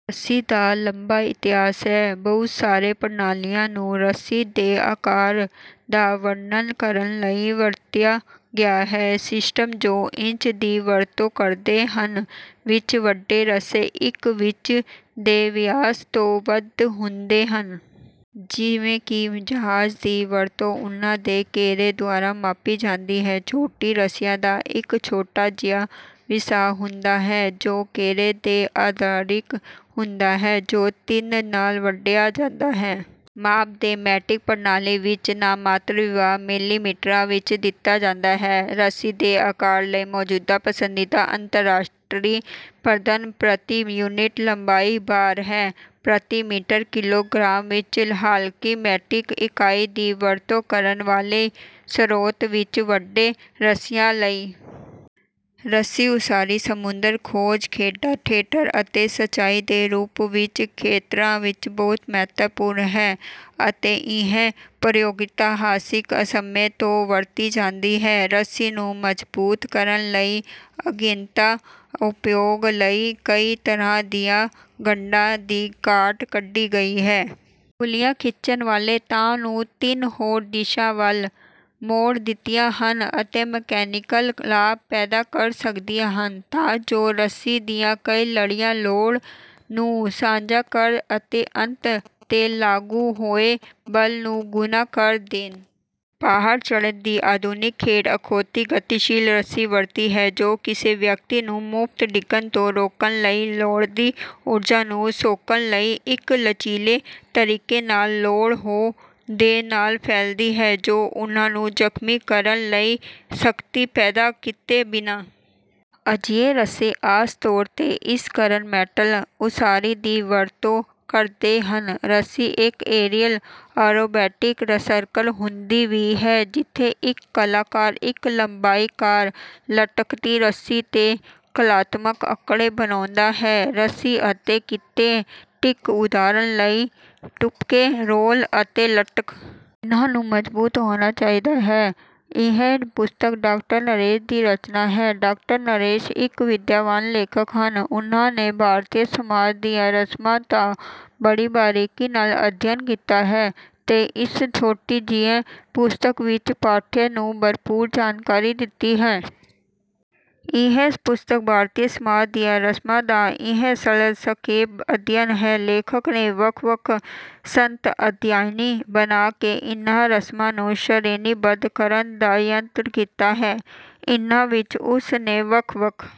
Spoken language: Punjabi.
ਰੱਸੀ ਦਾ ਲੰਮਾ ਇਤਿਹਾਸ ਹੈ ਕਿ ਬਹੁਤ ਸਾਰੇ ਪ੍ਰਣਾਲੀਆਂ ਨੂੰ ਰੱਸੀ ਦੇ ਆਕਾਰ ਦਾ ਵਰਣਨ ਕਰਨ ਲਈ ਵਰਤਿਆ ਗਿਆ ਹੈ। ਸਿਸਟਮ ਜੋ "ਇੰਚ" ਦੀ ਵਰਤੋਂ ਕਰਦੇ ਹਨ, ਵਿੱਚ ਵੱਡੇ ਰੱਸੇ ਇੱਕ ਇੰਚ ਦੇ ਵਿਆਸ ਤੋਂ ਵੱਧ ਹੁੰਦੇ ਹਨ। ਜਿਵੇਂ ਕਿ ਜਹਾਜ਼ਾਂ ਦੀ ਵਰਤੋਂ ਉਹਨਾਂ ਦੇ ਘੇਰੇ ਦੁਆਰਾ ਮਾਪੀ ਜਾਂਦੀ ਹੈ। ਛੋਟੀਆਂ ਰੱਸੀਆਂ ਦਾ ਇੱਕ ਛੋਟਾ ਜਿਹਾ ਵਿਆਸ ਹੁੰਦਾ ਹੈ, ਜੋ ਘੇਰੇ 'ਤੇ ਆਧਾਰਿਤ ਹੁੰਦਾ ਹੈ, ਜੋ ਤਿੰਨ ਨਾਲ ਵੰਡਿਆ ਜਾਂਦਾ ਹੈ। ਮਾਪ ਦੇ ਮੈਟ੍ਰਿਕ ਪ੍ਰਣਾਲੀਆਂ ਵਿੱਚ, ਨਾਮਾਤਰ ਵਿਆਸ ਮਿਲੀਮੀਟਰਾਂ ਵਿੱਚ ਦਿੱਤਾ ਜਾਂਦਾ ਹੈ। ਰੱਸੀ ਦੇ ਆਕਾਰ ਲਈ ਮੌਜੂਦਾ ਪਸੰਦੀਦਾ ਅੰਤਰਰਾਸ਼ਟਰੀ ਪੱਧਰ ਪ੍ਰਤੀ ਯੂਨਿਟ ਲੰਬਾਈ ਭਾਰ ਹੈ, ਪ੍ਰਤੀ ਮੀਟਰ ਕਿਲੋਗ੍ਰਾਮ ਵਿੱਚ। ਹਾਲਾਂਕਿ, ਮੈਟ੍ਰਿਕ ਇਕਾਈਆਂ ਦੀ ਵਰਤੋਂ ਕਰਨ ਵਾਲੇ ਸਰੋਤ ਵੀ ਵੱਡੇ ਰੱਸਿਆਂ ਲਈ "ਰੱਸੀ ਨੰਬਰ" ਦੇ ਸਕਦੇ ਹਨ, ਜੋ ਕਿ ਇੰਚ ਦਾ ਘੇਰਾ ਹੈ। ਰੱਸੀ ਉਸਾਰੀ, ਸਮੁੰਦਰੀ, ਖੋਜ, ਖੇਡਾਂ, ਥੀਏਟਰ ਅਤੇ ਸੰਚਾਰ ਦੇ ਰੂਪ ਵਿੱਚ ਖੇਤਰਾਂ ਵਿੱਚ ਬਹੁਤ ਮਹੱਤਵਪੂਰਨ ਹੈ, ਅਤੇ ਇਹ ਪ੍ਰਾਗੈਤਿਹਾਸਿਕ ਸਮੇਂ ਤੋਂ ਵਰਤੀ ਜਾਂਦੀ ਹੈ। ਰੱਸੀ ਨੂੰ ਮਜ਼ਬੂਤ ਕਰਨ ਲਈ, ਅਣਗਿਣਤ ਉਪਯੋਗਾਂ ਲਈ ਕਈ ਤਰ੍ਹਾਂ ਦੀਆਂ ਗੰਢਾਂ ਦੀ ਕਾਢ ਕੱਢੀ ਗਈ ਹੈ। ਪੁੱਲੀਆਂ ਖਿੱਚਣ ਵਾਲੇ ਤਾਣ ਨੂੰ ਇੱਕ ਹੋਰ ਦਿਸ਼ਾ ਵੱਲ ਮੋੜ ਦਿੰਦੀਆਂ ਹਨ ਅਤੇ ਮਕੈਨੀਕਲ ਲਾਭ ਪੈਦਾ ਕਰ ਸਕਦੀਆਂ ਹਨ, ਤਾਂ ਜੋ ਰੱਸੀ ਦੀਆਂ ਕਈ ਲੜੀਆਂ ਲੋਡ ਨੂੰ ਸਾਂਝਾ ਕਰਨ ਅਤੇ ਅੰਤ 'ਤੇ ਲਾਗੂ ਹੋਏ ਬਲ ਨੂੰ ਗੁਣਾ ਕਰ ਦੇਣ। ਪਹਾੜ ਚੜ੍ਹਨ ਦੀ ਆਧੁਨਿਕ ਖੇਡ ਅਖੌਤੀ "ਗਤੀਸ਼ੀਲ" ਰੱਸੀ ਵਰਤਦੀ ਹੈ, ਜੋ ਕਿਸੇ ਵਿਅਕਤੀ ਨੂੰ ਮੁਫ਼ਤ ਡਿੱਗਣ ਤੋਂ ਰੋਕਣ ਲਈ ਲੋੜੀਂਦੀ ਊਰਜਾ ਨੂੰ ਸੋਖਣ ਲਈ ਇੱਕ ਲਚਕੀਲੇ ਤਰੀਕੇ ਨਾਲ ਲੋਡ ਹੋਣ ਦੇ ਨਾਲ ਫੈਲਦੀ ਹੈ, ਜੋ ਉਹਨਾਂ ਨੂੰ ਜ਼ਖ਼ਮੀ ਕਰਨ ਲਈ ਕਾਫ਼ੀ ਸ਼ਕਤੀਆਂ ਪੈਦਾ ਕੀਤੇ ਬਿਨਾਂ। ਅਜਿਹੇ ਰੱਸੇ ਆਮ ਤੌਰ 'ਤੇ ਇੱਕ ਕਰਨਮੈਂਟਲ ਉਸਾਰੀ ਦੀ ਵਰਤੋਂ ਕਰਦੇ ਹਨ। ਰੱਸੀ ਇੱਕ ਏਰੀਅਲ ਐਰੋਬੈਟਿਕਸ ਸਰਕਸ ਹੁਨਰ ਵੀ ਹੈ, ਜਿੱਥੇ ਇੱਕ ਕਲਾਕਾਰ ਇੱਕ ਲੰਬਕਾਰੀ ਲਟਕਦੀ ਰੱਸੀ 'ਤੇ ਕਲਾਤਮਕ ਅੰਕੜੇ ਬਣਾਉਂਦਾ ਹੈ। ਰੱਸੀ ਉੱਤੇ ਕੀਤੇ ਟ੍ਰਿਕ, ਉਦਾਹਰਨ ਲਈ, ਤੁਪਕੇ, ਰੋਲ ਅਤੇ ਲਟਕਣਾ ਹਨ। ਇਹਨਾਂ ਨੂੰ ਮਜ਼ਬੂਤ ਹੋਣਾ ਚਾਹੀਦਾ ਹੈ। ਇਹ ਪੁਸਤਕ ਡਾਕਟਰ ਨਰੇਸ਼ ਦੀ ਰਚਨਾ ਹੈ। ਡਾਕਟਰ ਨਰੇਸ਼ ਇੱਕ ਵਿਦਵਾਨ ਲੇਖਕ ਹਨ। ਉਹਨਾਂ ਨੇ ਭਾਰਤੀ ਸਮਾਜ ਦੀਆਂ ਰਸਮਾਂ ਦਾ ਬੜੀ ਬਾਰੀਕੀ ਨਾਲ ਅਧਿਐਨ ਕੀਤਾ ਹੈ ਤੇ ਇਸ ਛੋਟੀ ਜਿਹੀ ਪੁਸਤਕ ਵਿੱਚ ਪਾਠਕ ਨੂੰ ਭਰਪੂਰ ਜਾਣਕਾਰੀ ਦਿੱਤੀ ਹੈ। ਇਹ ਪੁਸਤਕ ਭਾਰਤੀ ਸਮਾਜ ਦੀਆਂ ਰਸਮਾਂ ਦਾ ਇੱਕ ਸਰਲ ਤੇ ਸੰਖੇਪ ਅਧਿਐਨ ਹੈ। ਲੇਖਕ ਨੇ ਵੱਖ-ਵੱਖ ਸੱਤ ਅਧਿਆਇ ਬਣਾ ਕੇ ਇਹਨਾਂ ਰਸਮਾਂ ਨੂੰ ਸ਼੍ਰੇਣੀਬੱਧ ਕਰਨ ਦਾ ਯਤਨ ਕੀਤਾ ਹੈ। ਇਹਨਾਂ ਵਿੱਚ ਉਸ ਨੇ ਵੱਖ-ਵੱਖ